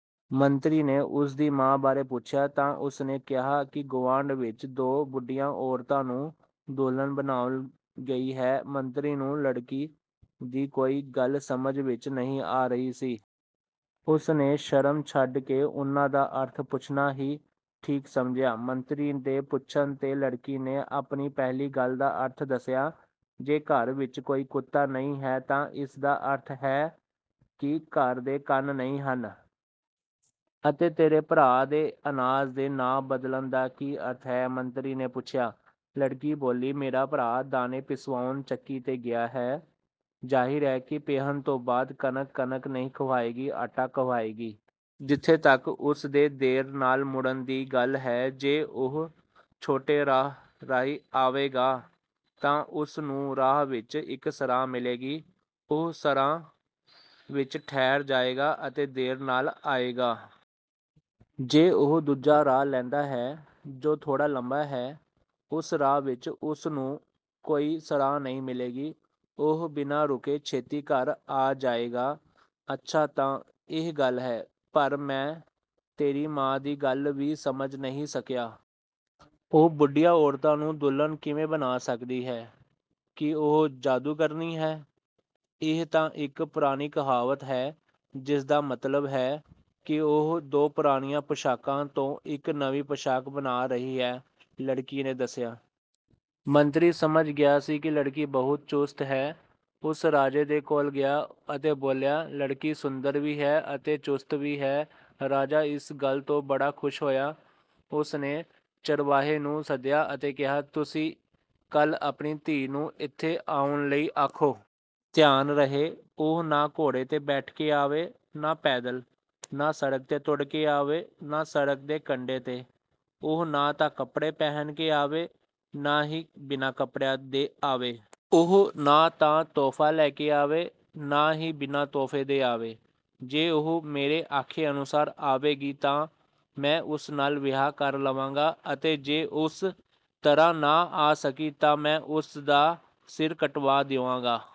ਮੰਤਰੀ ਨੇ ਉਸ ਦੀ ਮਾਂ ਬਾਰੇ ਪੁੱਛਿਆ ਤਾਂ ਉਸ ਨੇ ਕਿਹਾ, ਕੀ "ਉਹ ਗੁਆਂਢ ਵਿੱਚ ਦੋ ਬੁੱਢੀਆਂ ਔਰਤਾਂ ਨੂੰ ਦੁਲਹਨ ਬਣਾਉਣ ਗਈ ਹੈ।" ਮੰਤਰੀ ਨੂੰ ਲੜਕੀ ਦੀ ਕੋਈ ਗੱਲ ਸਮਝ ਵਿੱਚ ਨਹੀਂ ਆ ਰਹੀ ਸੀ। ਉਸ ਨੇ ਸ਼ਰਮ ਛੱਡ ਕੇ ਉਨ੍ਹਾਂ ਦਾ ਅਰਥ ਪੁੱਛਣਾ ਹੀ ਠੀਕ ਸਮਝਿਆ। ਮੰਤਰੀ ਦੇ ਪੁੱਛਣ 'ਤੇ ਲੜਕੀ ਨੇ ਆਪਣੀ ਪਹਿਲੀ ਗੱਲ ਦਾ ਅਰਥ ਦੱਸਿਆ, "ਜੇ ਘਰ ਵਿੱਚ ਕੋਈ ਕੁੱਤਾ ਨਹੀਂ ਹੈ ਤਾਂ ਇਸ ਦਾ ਅਰਥ ਹੈ ਕਿ ਘਰ ਦੇ ਕੰਨ ਨਹੀਂ ਹਨ।" "ਅਤੇ ਤੇਰੇ ਭਰਾ ਦੇ ਅਨਾਜ ਦੇ ਨਾਂ ਬਦਲਣ ਦਾ ਕੀ ਅਰਥ ਹੈ?" ਮੰਤਰੀ ਨੇ ਪੁੱਛਿਆ। ਲੜਕੀ ਬੋਲੀ, "ਮੇਰਾ ਭਰਾ ਦਾਣੇ ਪਿਸਵੋਣ ਚੱਕੀ 'ਤੇ ਗਿਆ ਹੈ। ਜ਼ਾਹਿਰ ਹੈ ਕਿ ਪੀਹਣ ਤੋਂ ਬਾਅਦ ਕਣਕ, ਕਣਕ ਨਹੀਂ ਕਵਾਹੇਗੀ, ਆਟਾ ਕਵਾਹੇਗੀ। ਜਿੱਥੋਂ ਤੱਕ ਉਸ ਦੇ ਦੇਰ ਨਾਲ ਮੁੜਨ ਦੀ ਗੱਲ ਹੈ, ਜੇ ਉਹ ਛੋਟੇ ਰਾਹ ਰਾਹੀਂ ਆਵੇਗਾ ਤਾਂ ਉਸ ਨੂੰ ਰਾਹ ਵਿੱਚ ਇੱਕ ਸਰਾਂ ਮਿਲੇਗੀ। ਉਹ ਸਰਾਂ ਵਿੱਚ ਠਹਿਰ ਜਾਏਗਾ ਅਤੇ ਦੇਰ ਨਾਲ ਆਏਗਾ। ਜੇ ਉਹ ਦੂਜਾ ਰਾਹ ਲੈਂਦਾ ਹੈ, ਜੋ ਥੋੜ੍ਹਾ ਲੰਮਾ ਹੈ, ਉਸ ਰਾਹ ਵਿੱਚ ਉਸ ਨੂੰ ਕੋਈ ਸਰਾਂ ਨਹੀਂ ਮਿਲੇਗੀ। ਉਹ ਬਿਨਾਂ ਰੁਕੇ ਛੇਤੀ ਘਰ ਆ ਜਾਏਗਾ।" "ਅੱਛਾ, ਤਾਂ ਇਹ ਗੱਲ ਹੈ! ਪਰ ਮੈਂ ਤੇਰੀ ਮਾਂ ਦੀ ਗੱਲ ਵੀ ਸਮਝ ਨਹੀਂ ਸਕਿਆ। ਉਹ ਬੁੱਢੀਆਂ ਔਰਤਾਂ ਨੂੰ ਦੁਲਹਨ ਕਿਵੇਂ ਬਣਾ ਸਕਦੀ ਹੈ, ਕੀ ਉਹ ਜਾਦੂਗਰਨੀ ਹੈ?" "ਇਹ ਤਾਂ ਇੱਕ ਪੁਰਾਣੀ ਕਹਾਵਤ ਹੈ, ਜਿਸ ਦਾ ਮਤਲਬ ਹੈ ਕਿ ਉਹ ਦੋ ਪੁਰਾਣੀਆਂ ਪੌਸ਼ਾਕਾਂ ਤੋਂ ਇੱਕ ਨਵੀਂ ਪੌਸ਼ਾਕ ਬਣਾ ਰਹੀ ਹੈ," ਲੜਕੀ ਨੇ ਦੱਸਿਆ। ਮੰਤਰੀ ਸਮਝ ਗਿਆ ਸੀ ਕਿ ਲੜਕੀ ਬਹੁਤ ਚੁਸਤ ਹੈ। ਉਹ ਰਾਜੇ ਦੇ ਕੋਲ ਗਿਆ ਅਤੇ ਬੋਲਿਆ, "ਲੜਕੀ ਸੁੰਦਰ ਵੀ ਹੈ ਅਤੇ ਚੁਸਤ ਵੀ ਹੈ।" ਰਾਜਾ ਇਸ ਗੱਲ ਤੋਂ ਬੜਾ ਖ਼ੁਸ਼ ਹੋਇਆ। ਉਸ ਨੇ ਚਰਵਾਹੇ ਨੂੰ ਸੱਦਿਆ ਅਤੇ ਕਿਹਾ, "ਤੁਸੀਂ ਕੱਲ੍ਹ ਆਪਣੀ ਧੀ ਨੂੰ ਇੱਥੇ ਆਉਣ ਲਈ ਆਖੋ। ਧਿਆਨ ਰਹੇ, ਉਹ ਨਾ ਘੋੜੇ 'ਤੇ ਬੈਠ ਕੇ ਆਵੇ, ਨਾ ਪੈਦਲ। ਨਾ ਸੜਕ 'ਤੇ ਤੁਰ ਕੇ ਆਵੇ, ਨਾ ਸੜਕ ਦੇ ਕੰਢੇ 'ਤੇ। ਉਹ ਨਾ ਤਾਂ ਕੱਪੜੇ ਪਹਿਨ ਕੇ ਆਵੇ, ਨਾ ਹੀ ਬਿਨਾਂ ਕੱਪੜਿਆਂ ਦੇ ਆਵੇ। ਉਹ ਨਾ ਤਾਂ ਤੋਹਫ਼ਾ ਲੈ ਕੇ ਆਵੇ, ਨਾ ਹੀ ਬਿਨਾਂ ਤੋਹਫ਼ੇ ਦੇ ਆਵੇ। ਜੇ ਉਹ ਮੇਰੇ ਆਖੇ ਅਨੁਸਾਰ ਆਵੇਗੀ ਤਾਂ ਮੈਂ ਉਸ ਨਾਲ ਵਿਆਹ ਕਰ ਲਵਾਂਗਾ ਅਤੇ ਜੇ ਉਸ ਤਰ੍ਹਾਂ ਨਾ ਆ ਸਕੀ ਤਾਂ ਮੈਂ ਉਸ ਦਾ ਸਿਰ ਕਟਵਾ ਦੇਵਾਂਗਾ।"